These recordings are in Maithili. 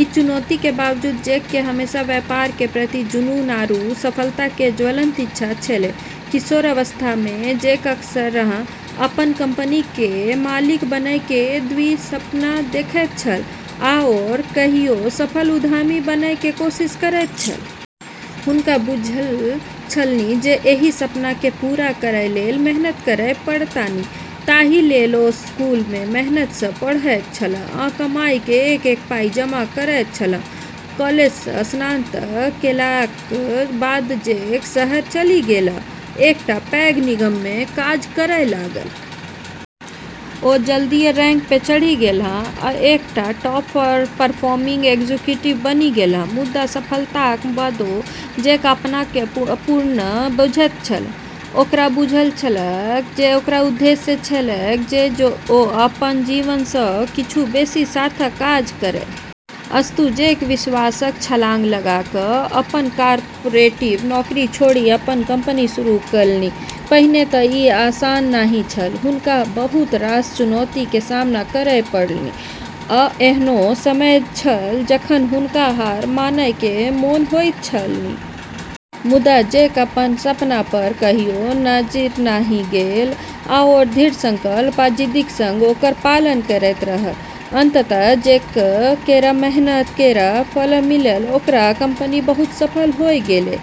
ई चुनौती के बावजूद जैक के हमेशा व्यापार के प्रति जुनून आरू सफलता के ज्वलंत इच्छा छेलै। किशोरावस्था मे जैक अक्सरहां अपन कंपनी के मालिक बनय के दिवास्वप्न देखैत छल आओर कहियो सफल उद्यमी बनय के कोशिश करैत छल. हुनका बुझल छलनि जे एहि सपना के पूरा करय लेल मेहनत करय पड़तनि, ताहि लेल ओ स्कूल मे मेहनत सं पढ़ैत छलाह आ कमाई के एक-एक पाइ जमा करैत छलाह. कॉलेज स स्नातक केलाक बाद जैक शहर चलि गेल आ एकटा पैघ निगम मे काज करय लागल। ओ जल्दीए रैंक पर चढ़ि गेलाह आ एकटा टॉप परफॉर्मिंग एग्जीक्यूटिव बनि गेलाह। मुदा, सफलताक बादो जैक अपना केँ अपूर्ण बुझैत छल ओकरा बुझल छलैक जे ओकर उद्देश्य छलैक जे ओ अपन जीवन सँ किछु बेसी सार्थक काज करय। अस्तु, जैक विश्वासक छलांग लगा क' अपन कॉर्पोरेट नौकरी छोड़ि अपन कंपनी शुरू केलनि. पहिने त' ई आसान नहि छल हुनका बहुत रास चुनौती के सामना करय पड़लनि, आ एहनो समय छल जखन हुनका हार मानय के मोन होइत छलनि. मुदा जैक अपन सपना पर कहियो नजरि नहि गेल, आ ओ दृढ़ संकल्प आ जिद्दक संग ओकर पालन करैत रहल। अंततः जैक केरऽ मेहनत केरऽ फल मिललै ओकरऽ कंपनी बहुत सफल होय गेलै,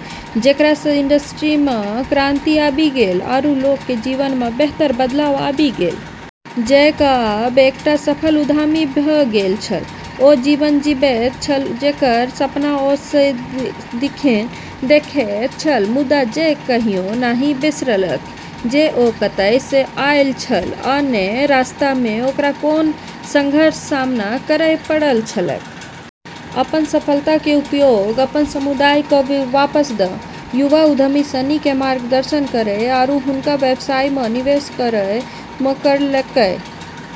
जेकरा स॑ इंडस्ट्री म॑ क्रांति आबी गेलै आरू लोगऽ के जीवन म॑ बेहतर बदलाव आबी गेलै। जैक आब एकटा सफल उद्यमी भ गेल छल, ओ जीवन जीबैत छल जेकर सपना ओ सदिखन देखैत छल। मुदा जैक कहियो नहि बिसरलक जे ओ कतय सँ आयल छल आ ने रस्ता मे ओकरा कोन संघर्षक सामना करय पड़ल छलैक। अपनऽ सफलता के उपयोग अपनऽ समुदाय क॑ वापस दै, युवा उद्यमी सिनी क॑ मार्गदर्शन करै आरू हुनकऽ व्यवसाय म॑ निवेश करै म॑ करलकै।